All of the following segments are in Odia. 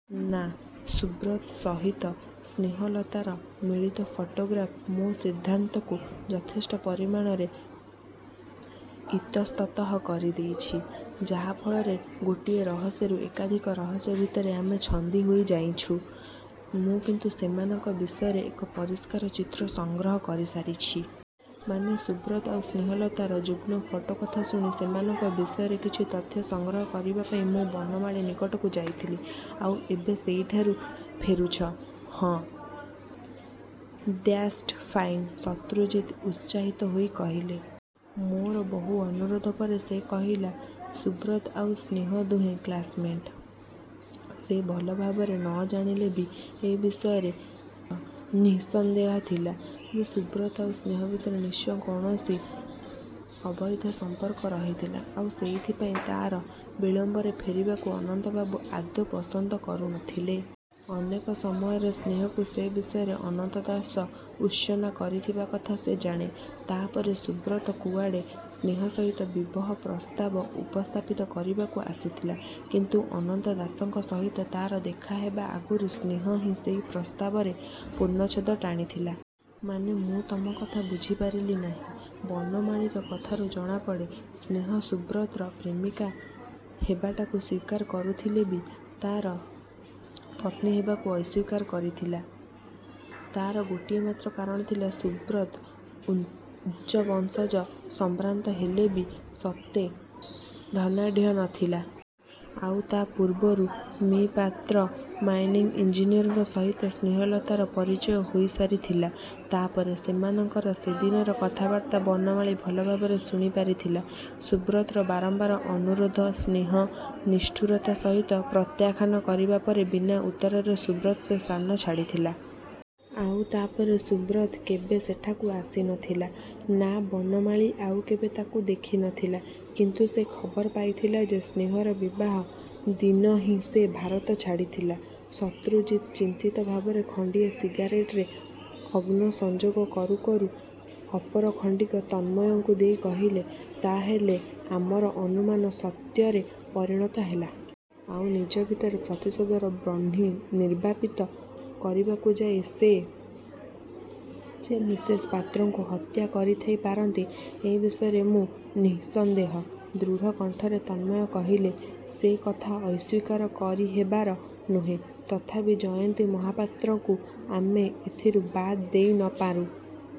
' 'ନା। ସୁବ୍ରତ ସହିତ ସ୍ନେହଲତାର ମିଳିତ ଫଟୋଗ୍ରାଫ୍ ମୋ ସିଦ୍ଧାନ୍ତକୁ ଯଥେଷ୍ଟ ପରିମାଣରେ ଇତସ୍ତତଃ କରିଦେଇଛି, ଯାହା ଫଳରେ ଗୋଟିଏ ରହସ୍ୟରୁ ଏକାଧିକ ରହସ୍ୟ ଭିତରେ ଆମେ ଛନ୍ଦି ହୋଇ ଯାଇଛୁଁ। ' 'ମୁଁ କିନ୍ତୁ ସେମାନଙ୍କ ବିଷୟରେ ଏକ ପରିଷ୍କାର ଚିତ୍ର ସଂଗ୍ରହ କରିସାରିଛି। ' 'ମାନେ.? ' 'ସୁବ୍ରତ ଆଉ ସ୍ନେହଲତାର ଯୁଗ୍ନ ଫଟୋ କଥା ଶୁଣି, ସେମାନଙ୍କ ବିଷୟରେ କିଛି ତଥ୍ୟ ସଂଗ୍ରହ କରିବାପାଇଁ ମୁଁ ବନମାଳୀ ନିକଟକୁ ଯାଇଥିଲି। ' 'ଆଉ ଏବେ ସେଇଠାରୁ ଫେରୁଛ? ' 'ହଁ। ' 'ଦ୍ୟାଟ୍ସ ଫାଇନ୍! ' ଶତ୍ରୁଜିତ ଉତ୍ସାହିତ ହେଇ କହିଲେ। 'ମୋର ବହୁ ଅନୁରୋଧ ପରେ ସେ କହିଲା, ସୁବ୍ରତ ଆଉ ସ୍ନେହ ଦୁହେଁ କ୍ଲାସମେଟ୍। ସେ ଭଲ ଭାବରେ ନ ଜାଣିଲେ ବି ଏ ବିଷୟରେ ନିଃସନ୍ଦେହ ଥିଲା ଯେ ସୁବ୍ରତ ଆଉ ସ୍ନେହ ଭିତରେ ନିଶ୍ଚୟ କୌଣସି ଅବୈଧ ସଂପର୍କ ରହିଥିଲା। ଆଉ ସେଇଥିପାଇଁ ତାର ବିଳମ୍ବରେ ଫେରିବାକୁ ଅନନ୍ତବାବୁ ଆଦୌ ପସନ୍ଦ କରୁ ନ ଥିଲେ। ଅନେକ ସମୟରେ ସ୍ନେହକୁ ସେ ବିଷୟରେ ଅନନ୍ତ ଦାସ ଭର୍ତ୍ସନା କରିଥିବା କଥା ସେ ଜାଣେ। ' 'ତାପରେ? ' 'ସୁବ୍ରତ କୁଆଡ଼େ ସ୍ନେହ ସହିତ ବିବାହ ପ୍ରସ୍ତାବ ଉପସ୍ଥାପିତ କରିବାକୁ ଆସିଥିଲା। କିନ୍ତୁ ଅନନ୍ତ ଦାସଙ୍କ ସହିତ ତାର ଦେଖା ହେବା ଆଗରୁ ସ୍ନେହ ହିଁ ସେହି ପ୍ରସ୍ତାବରେ ପୂର୍ଣ୍ଣଛେଦ ଟାଣିଥିଲା। ' 'ମାନେ ମୁଁ ତମ କଥା ବୁଝିପାରିଲି ନାହିଁ। ' 'ବନମାଳୀର କଥାରୁ ଜଣାପଡ଼େ, ସ୍ନେହ ସୁବ୍ରତର ପ୍ରେମିକା ହେବାଟାକୁ ସ୍ୱୀକାର କରୁଥିଲେ ବି ତାର ପତ୍ନୀ ହେବାକୁ ଅସ୍ୱୀକାର କରିଥିଲା। ତାର ଗୋଟିଏ ମାତ୍ର କାରଣ ଥିଲା, ସୁବ୍ରତ ଉଚ୍ଚବଂଶଜ ସମ୍ଭ୍ରାନ୍ତ ହେଲେ ବି ସେତେ ଧନାଢ଼୍ୟ ନ ଥିଲା। ଆଉ ତା ପୂର୍ବରୁ ମି: ପାତ୍ର, ମାଇନିଙ୍ଗ ଇଂଜିନିୟରଙ୍କ ସହିତ ସ୍ନେହଲତାର ପରିଚୟ ହେଇସାରିଥିଲା। ' 'ତା'ପରେ.? ' 'ସେମାନଙ୍କର ସେଦିନର କଥାବାର୍ତ୍ତା ବନମାଳୀ ଭଲଭାବରେ ଶୁଣିପାରିଥିଲା। ସୁବ୍ରତର ବାରମ୍ବାର ଅନୁରୋଧ ସ୍ନେହ ନିଷ୍ଠୁରତା ସହିତ ପ୍ରତ୍ୟାଖ୍ୟାନ କରିବା ପରେ, ବିନା ଉତ୍ତରରେ ସୁବ୍ରତ ସେ ସ୍ଥାନ ଛାଡ଼ିଥିଲା। ' 'ଆଉ ତା ପରେ ସୁବ୍ରତ କେବେ ସେଠାକୁ ଆସି ନ ଥିଲା? ' 'ନା, ବନମାଳୀ ଆଉ କେବେ ତାକୁ ଦେଖି ନ ଥିଲା। କିନ୍ତୁ ସେ ଖବର ପାଇଥିଲା ଯେ ସ୍ନେହର ବିବାହ ଦିନ ହିଁ ସେ ଭାରତ ଛାଡ଼ି ଥିଲା। ' ଶତ୍ରୁଜିତ ଚିନ୍ତିତ ଭାବରେ ଖଣ୍ଡିଏ ସିଗାରେଟରେ ଅଗ୍ନ ସଂଯୋଗ କରୁ କରୁ ଅପର ଖଣ୍ଡିକ ତନ୍ମୟଙ୍କୁ ଦେଇ କହିଲେ, 'ତା'ହେଲେ ଆମର ଅନୁମାନ ସତ୍ୟରେ ପରିଣତ ହେଲା? ' 'ଆଉ ନିଜ ଭିତରେ ପ୍ରତିଶୋଧର ବହ୍ନି ନିର୍ବାପିତ କରିବାକୁ ଯାଇ ସେ ଯେ ମିସେସ ପାତ୍ରଙ୍କୁ ହତ୍ୟା କରିଥାଇ ପାରନ୍ତି ଏ ବିଷୟରେ ମୁଁ ନିଃସନ୍ଦେହ। ' ଦୃଢ଼ କଣ୍ଠରେ ତନ୍ମୟ କହିଲେ। ସେ କଥା ଅସ୍ୱୀକାର କରିହେବାର ନୁହେଁ, ତଥାପି ଜୟନ୍ତୀ ମହାପାତ୍ରକୁ ଆମେ ଏଥିରୁ ବାଦ ଦେଇ ନ ପାରୁଁ।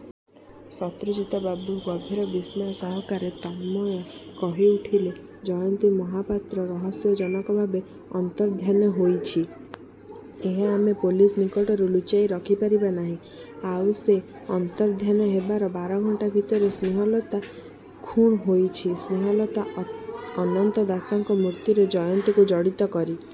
' 'ଶତ୍ରୁଜିତବାବୁ! ' ଗଭୀର ବିସ୍ମୟ ସହକାରେ ତନ୍ମୟ କହିଉଠିଲେ। 'ଜୟନ୍ତୀ ମହାପାତ୍ର ରହସ୍ୟଜନକଭାବେ ଅନ୍ତର୍ଦ୍ଧାନ ହୋଇଛି, ଏହା ଆମେ ପୋଲିସ ନିକଟରୁ ଲୁଚାଇ ରଖିପାରିବା ନାହିଁ। ଆଉ ସେ ଅନ୍ତର୍ଦ୍ଧାନ ହେବାର ବାର ଘଣ୍ଟା ଭିତରେ ସ୍ନେହଲତା ଖୁଣ୍ ହୋଇଛି। ସ୍ନେହଲତା ଅନନ୍ତ ଦାସଙ୍କ ମୃତ୍ୟୁରେ ଜୟନ୍ତୀକୁ ଜଡ଼ିତ କରି